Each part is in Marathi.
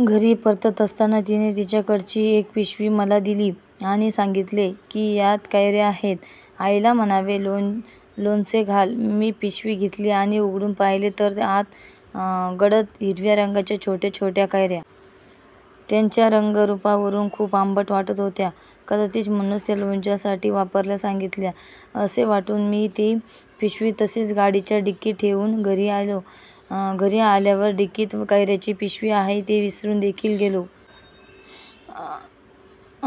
घरी परतत असताना तिने तिच्याकडची एक पिशवी मला दिली आणि सांगितले की यात कैऱ्या आहेत, आईला म्हणावे लोणचे घाल. मी पिशवी घेतली आणि उघडून पहिले तर आत गडद हिरव्या रंगाच्या छोट्या छोट्या कैऱ्या. त्यांच्या रंग-रूपावरून खूप आंबट वाटत होत्या. कदाचित म्हणूनच त्या लोणच्यासाठी वापरायला सांगितल्या असे वाटून मी ती पिशवी तशीच गाडीच्या डिकीत ठेउन घरी आलो. घरी आल्यावर डिकीत कैऱ्यांची पिशवी आहे हे विसरून देखील गेलो.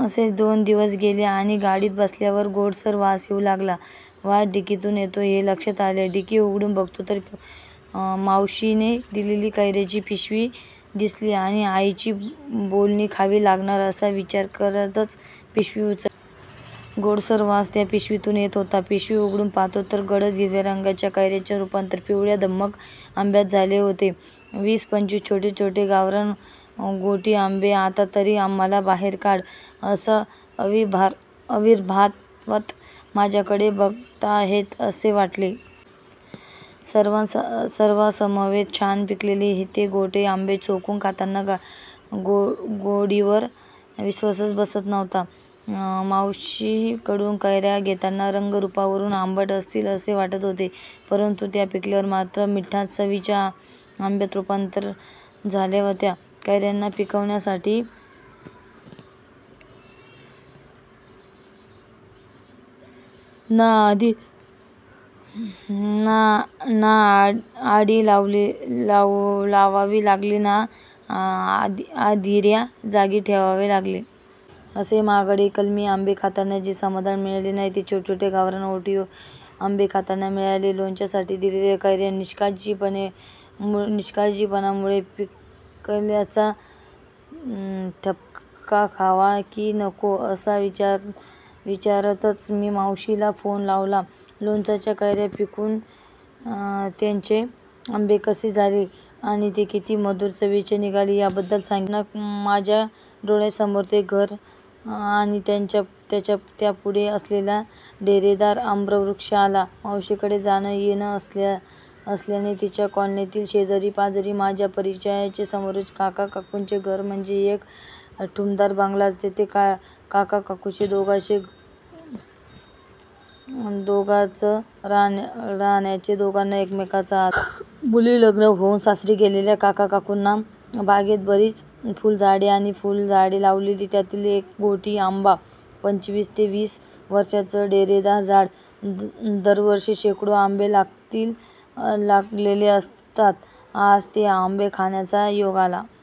असेच दोन दिवस गेले आणि गाडीत बसल्यावर गोडसर वास येऊ लागला. वास डिकीतून येतोय हे लक्षात आले. डिकी उघडून बघतो तर मावशीने दिलेली कैऱ्यांची पिशवी दिसली. आता आईची बोलणी खावी लागणार असा विचार करतच पिशवी उचलली. गोडसर वास त्या पिशवीतून येत होता. पिशवी उघडून पाहतो तर गडद हिरव्या रंगाच्या कैऱ्यांचे रुपांतर पिवळ्याधम्मक आंब्यात झाले होते. वीस-पंचवीस छोटे छोटे गावरान गोटी आंबे आतातरी आम्हाला बाहेर काढ अशा अविर्भावात माझ्याकडे बघताहेत असे वाटले. सर्वांसमवेत छान पिकलेले ते गोटी आंबे चोखून खाताना गोडीवर विश्वासच बसत नव्हता. मावशीकडून कैऱ्या घेताना रंग-रूपावरून आंबट असतील असे वाटत होते, परंतु त्या पिकल्यावर मात्र मिठ्ठास चवीच्या आंब्यात रुपांतरीत झाल्या होत्या. कैऱ्यांना पिकविण्यासाठी ना आढी लावावी लागली ना अंधाऱ्या जागी ठेवावे लागले. असे महागडे कलमी आंबे खाताना जे समाधान मिळाले नाही ते हे छोटे-छोटे गावरान गोटी आंबे खाताना मिळाले. लोणच्यासाठी दिलेल्या कैऱ्या निष्काळजीपणामुळे पिकल्याचा ठपका खावा कि नको अशा विचारातच मी मावशीला फोन लावला. लोणच्याच्या कैऱ्या पिकून त्यांचे आंबे कसे झाले आणि ते किती मधुर चवीचे निघाले याबद्दल सांगितले. अचानक माझ्या डोळ्यासमोर ते घर आणि त्यापुढे असलेला डेरेदार आम्रवृक्ष आला. मावशीकडे जाणं-येणं असल्याने तिच्या कॉलनीतील शेजारी-पाजारी माझ्या परिचयाचे. समोरच्या काका-काकुंचे घर म्हणजे एक टुमदार बंगलाच. तिथे काका-काकू दोघेच राहायचे. दोघांना एकमेकांचा आधार. मुली लग्न होऊन सासरी गेलेल्या. काका-काकूंनी बागेत बरीच फुलझाडे आणि फळझाडे लावलेली. त्यातीलच एक हा गोटी आंबा. पंचवीस ते तीस वर्षांचं डेरेदार झाड. दरवर्षी शेकडो आंबे लगडलेले असतात. आज ते आंबे खाण्याचा योग आला.